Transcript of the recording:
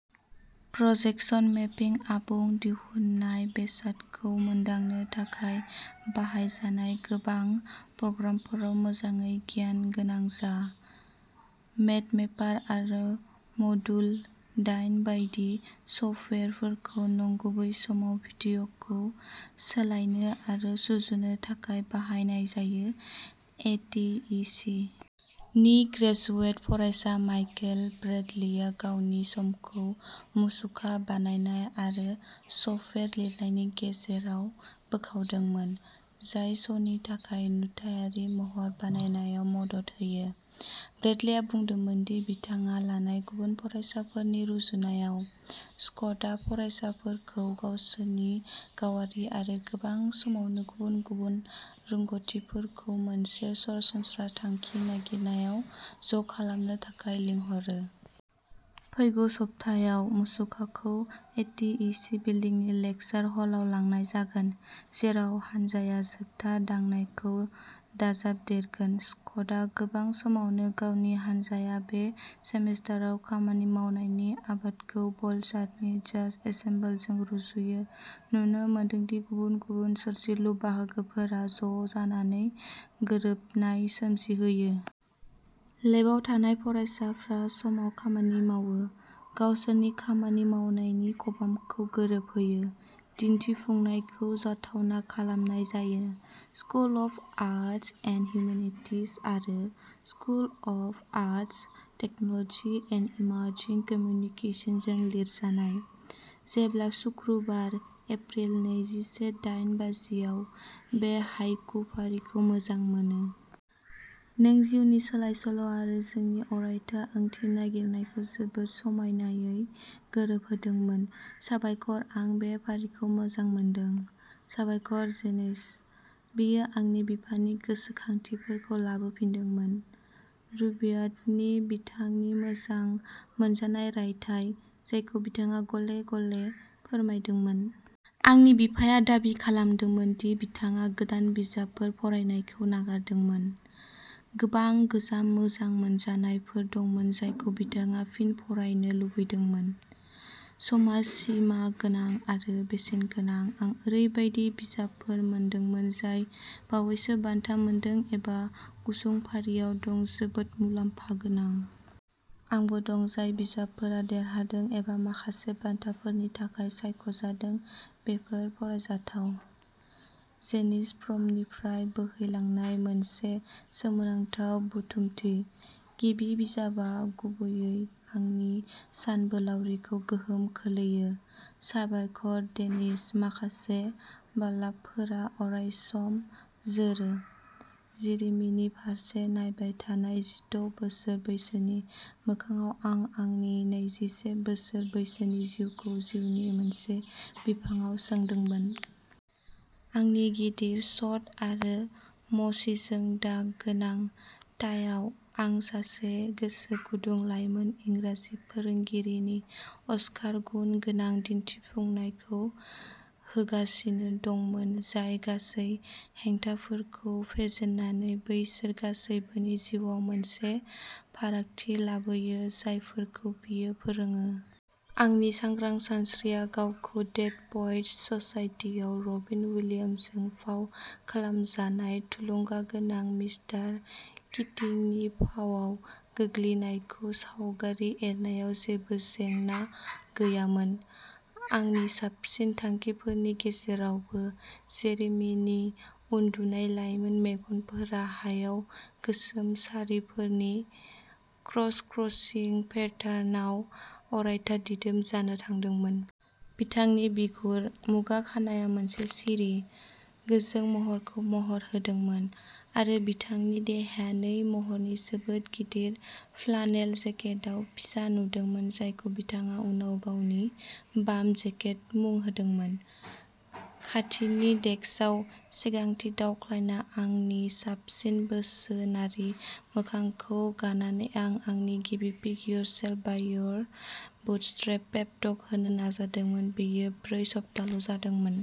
Projection मेपिं आबुं दिहुनजानाय बेसादखौ मोनदांनो थाखाय बाहायजानाय गोबां प्रग्रामफोराव मोजाङै गियान गोनां जा। मेडमेपार आरो मडुल दाइन बायदि सफ्टवेयारफोरखौ नंगुबै समाव भिडिय'खौ सोलायनो आरो सुजुनो थाखाय बाहायनाय जायो। ए. टि. इ. सि. नि ग्रेजुवेट फरायसा माइकेल ब्रेडलिआ गावनि समखौ मुसुखा बानायनाय आरो सफ्टवेयार लिरनायनि गेजेराव बोखावदों, जाय श'नि थाखाय नुथायारि महर बानायनायाव मदद होयो। ब्रेडलिआ बुंदोंमोन दि बिथाङा लानाय गुबुन फरायफारिफोरनि रुजुनायाव, स्क'टआ फरायसाफोरखौ गावसोरनि गावारि आरो गोबां समावनो गुबुन-गुबुन रोंग'थिफोरखौ मोनसे सरासनस्रा थांखि नागिरनायाव ज'खालामनो थाखाय लिंहरो। फैगौ सप्तायाव, मुसुखाखौ ए. टि. इ. सि. बिल्दिंनि लेकसार हलाव लांनाय जागोन, जेराव हानजाया जोबथा दांनायखौ दाजाबदेरगोन। स्क'टआ गोबां समावनो गावनि हानजाया बे सेमिस्टाराव खामानि मावनायनि आदबखौ ब्लानचार्डनि जाज एन्सेम्बलजों रुजुयो नुनो मोनोदि गुबुन गुबुन सोरजिलु बाहागोफोरा ज'जानानै गोरोबनाय सोमजिहोयो। लेबआव थानाय फरायसाफ्रा समाव खामानि मावो, गावसोरनि खामानि मावनायनि खबामखौ गोरोबहोयो। दिन्थिफुंनायखौ जाथावना खालामनाय जायो। School of arts and humanities आरो school of arts, technology, and emerging communication जों लिरजानाय। जेब्ला सुक्रुबार, एप्रिल नैजिसे दाइन बाजिआव बे हाइकु फारिखौ मोजां मोनो। नों जिउनि सोलायसोल' आरो जोंनि अरायथा ओंथि नागिरनायखौ जोबोद समायनायै गोरोबहोदोंमोन। साबायखर आं बे फारिखौ मोजां मोनदों। साबायखर जेनिस। बेयो आंनि बिफानि गोसोखांथिफोरखौ लाबोफिनदोंमोन, रुबायतनि बिथांनि मोजां मोनजानाय रायथाइ, जायखौ बिथाङा गले-गले फरायदोंमोन। आंनि बिफाया दाबि खालामदोंमोन दि बिथाङा गोदान बिजाबफोर फरायनायखौ नागारदोंमोन। गोबां गोजाम मोजां मोनजानायफोर दंमोन जायखौ बिथाङा फिन फरायनो लुबैदोंमोन। समआ सिमागोनां आरो बेसेनगोनां आं ओरैबायदि बिजाबफोर मोनदोंमोन जाय बावैसो बान्था मोनदों एबा गुसुं फारियाव दं जोबोद मुलाम्फा गोनां। आंबो दं जाय बिजाबफोरा देरहादों एबा माखासे बान्थाफोरनि थाखाय सायख'जादों बेफोर फरायजाथाव। जेनिस प्रम्पटनिफ्राय बोहैलांनाय मोनसे सोमोनांथाव बुथुमथि। गिबि बिजाबआ गुबैयै आंनि सानबोलावरिखौ गोहोम खोख्लैयो। साबायखर डेनिस माखासे बाल्बफोरा अरायसम जोरो। जेरेमीनि फारसे नायबाय थानाय जिद’ बोसोर बैसोनि मोखांआव आं आंनि नैजिसे बोसोर बैसोनि जिउखौ जिउनि मोनसे बिफावआव सोदोंमोन। आंनि गिदिर शार्ट आरो मसिजों दाग गोनां टाइआव, आं सासे गोसो गुदुं लाइमोन इंराजि फोरोंगिरिनि अस्कार गुन गोनां दिन्थिफुंनायखौ होगासिनो दंमोन जाय गासै हेंथाफोरखौ फेजेननानै बैसोर गासैबोनि जिउआव मोनसे फारागथि लाबोयो जायफोरखौ बियो फोरोङो। आंनि सांग्रां सानस्रिया गावखौ डेड पएट्स ससाइटिआव रबिन विलियम्सजों फाव खालामजानाय थुलुंगागोनां मिस्टार किटिंनि फावआव गोग्लैनायखौ सावगारि एरनायाव जेबो जेंना गैयामोन। आंनि साबसिन थांखिफोरनि गेजेरावबो, जेरेमिनि उन्दुनाय लाइमोन मेगनफोरा हायाव गोसोम सारिफोरनि क्रसक्रसिं पेटार्नाव अरायथा दिदोम जाना थादोंमोन। बिथांनि बिगुर, मुगा खानाया मोनसे सिरि, गोजों महरखौ महर होदोंमोन, आरो बिथांनि देहाया नै महरनि जोबोद गिदिर फ्लानेल जेकेटआव फिसा नुदोंमोन जायखौ बिथाङा उनाव गावनि "बाम जेकेट" मुं होदोंमोन। खाथिनि डेस्कआव सिगांथिं दावख्लायना आंनि साबसिन बोसोनारि मोखांखौ गाननानै आं आंनि गिबि "पिक-योरसेल्फ-बाय-योर-बुटस्ट्रैप्स" पेप टक होनो नाजादोंमोन बेयो ब्रै सप्ताल' जादोंमोन।